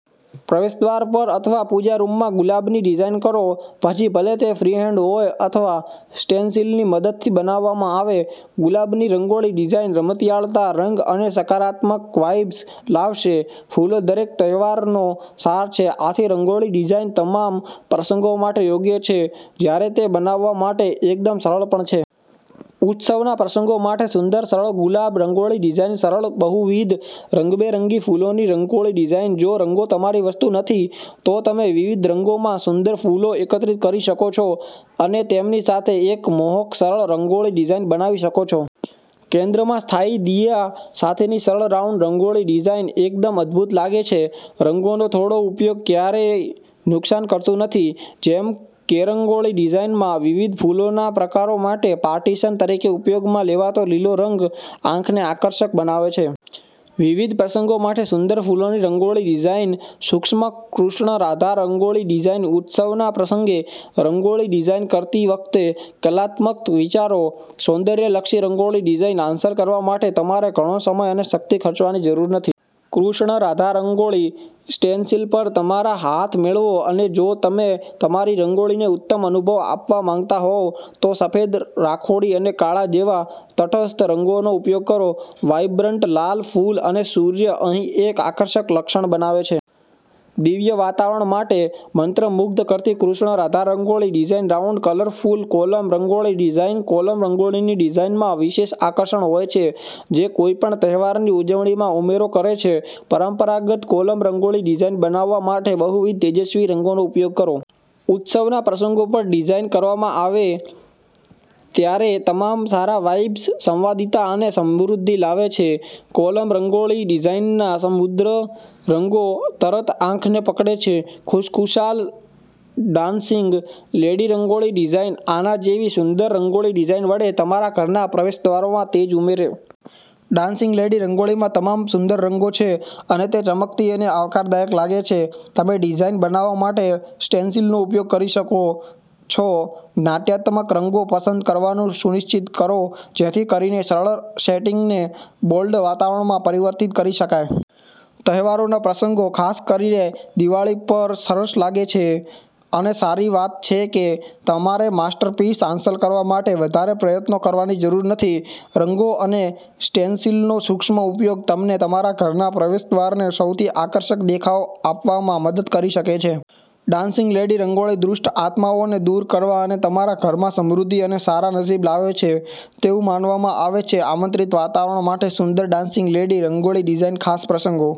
પ્રવેશદ્વાર પર અથવા પૂજા રૂમમાં ગુલાબની ડિઝાઇન કરો. પછી ભલે તે ફ્રીહેન્ડ હોય અથવા સ્ટેન્સિલની મદદથી બનાવવામાં આવે, ગુલાબની રંગોળી ડિઝાઇન રમતિયાળતા, રંગ અને સકારાત્મક વાઇબ્સ લાવશે. ફૂલોદરેક તહેવારનો સાર છે. આથી, રંગોળી ડિઝાઇન તમામ પ્રસંગો માટે યોગ્ય છે જ્યારે તે બનાવવા માટે એકદમ સરળ પણ છે. ઉત્સવના પ્રસંગો માટે સુંદર, સરળ ગુલાબ રંગોળી ડિઝાઇન સરળ બહુવિધ, રંગબેરંગી ફૂલોની રંગોળી ડિઝાઇન જો રંગો તમારી વસ્તુ નથી, તો તમે વિવિધ રંગોમાં સુંદર ફૂલો એકત્રિત કરી શકો છો અને તેમની સાથે એક મોહક, સરળ રંગોળી ડિઝાઇન બનાવી શકો છો. કેન્દ્રમાં સ્થાયી દિયા સાથેનીસરળ રાઉન્ડ રંગોળી ડિઝાઇન એકદમ અદભૂત લાગે છે. રંગોનો થોડો ઉપયોગ ક્યારેય નુકસાન કરતું નથી, જેમ કેરંગોળી ડિઝાઇનમાં. વિવિધ ફૂલોના પ્રકારો માટે પાર્ટીશન તરીકે ઉપયોગમાં લેવાતો લીલો રંગ આંખને આકર્ષક બનાવે છે. વિવિધ પ્રસંગો માટે સુંદર ફૂલોની રંગોળી ડિઝાઇન સૂક્ષ્મ કૃષ્ણ રાધા રંગોળી ડિઝાઇન ઉત્સવના પ્રસંગે રંગોળી ડિઝાઇન કરતી વખતે કલાત્મક વિચારો. સૌંદર્યલક્ષી રંગોળી ડિઝાઇન હાંસલ કરવા માટે તમારે ઘણો સમય અને શક્તિ ખર્ચવાની જરૂર નથી. કૃષ્ણ રાધા રંગોળી સ્ટેન્સિલ પર તમારા હાથ મેળવો અને જો તમે તમારી રંગોળીને ઉત્તમ અનુભવ આપવા માંગતા હોવ તો સફેદ, રાખોડી અને કાળા જેવા તટસ્થ રંગોનો ઉપયોગ કરો. વાઇબ્રન્ટ લાલ ફૂલ અને સૂર્ય અહીં એક આકર્ષક લક્ષણ બનાવે છે. દિવ્ય વાતાવરણ માટે મંત્રમુગ્ધ કરતી Krishna Radha rangoli design round colourful kolam rangoli design kolam રંગોળીની ડિઝાઇનમાં વિશેષ આકર્ષણ હોય છે જે કોઈપણ તહેવારની ઉજવણીમાં ઉમેરો કરે છે. પરંપરાગત કોલમ રંગોળી ડિઝાઇન બનાવવા માટે બહુવિધ તેજસ્વી રંગોનો ઉપયોગ કરો. ઉત્સવના પ્રસંગો પર ડિઝાઇન કરવામાં આવે ત્યારેતમામ સારા વાઇબ્સ, સંવાદિતા અને સમૃદ્ધિ લાવે છે. કોલમ રંગોળી ડિઝાઇનના સમુદ્ર રંગો તરતઆંખને પકડે છે ખુશખુશાલ ડાન્સિંગ લેડી રંગોળી ડિઝાઇન આના જેવી સુંદર રંગોળી ડિઝાઇન વડે તમારા ઘરના પ્રવેશદ્વારોમાં તેજ ઉમેરો. ડાન્સિંગ લેડી રંગોળીમાં તમામ સુંદર રંગો છે અને તે ચમકતી અને આવકારદાયક લાગે છે. તમેડિઝાઇન બનાવવા માટે સ્ટેન્સિલનો ઉપયોગ કરી શકો છો. નાટ્યાત્મક રંગો પસંદ કરવાનું સુનિશ્ચિત કરો જેથી કરીને સરળ સેટિંગને બોલ્ડ વાતાવરણમાં પરિવર્તિત કરી શકાય. તહેવારોના પ્રસંગો, ખાસ કરીને દિવાળી પર સરસ લાગે છે. અને સારી વાતછે કે તમારેમાસ્ટરપીસ હાંસલ કરવા માટે વધારે પ્રયત્નો કરવાની જરૂર નથી. રંગો અને સ્ટેન્સિલનો સૂક્ષ્મ ઉપયોગ તમને તમારા ઘરના પ્રવેશદ્વારને સૌથી આકર્ષક દેખાવ આપવામાં મદદ કરી શકે છે. ડાન્સિંગ લેડી રંગોળી દુષ્ટ આત્માઓને દૂર કરવા અને તમારા ઘરમાં સમૃદ્ધિ અને સારા નસીબ લાવે છે તેવું માનવામાં આવે છે. આમંત્રિત વાતાવરણ માટે સુંદર ડાન્સિંગ લેડી રંગોળી ડિઝાઇન ખાસ પ્રસંગો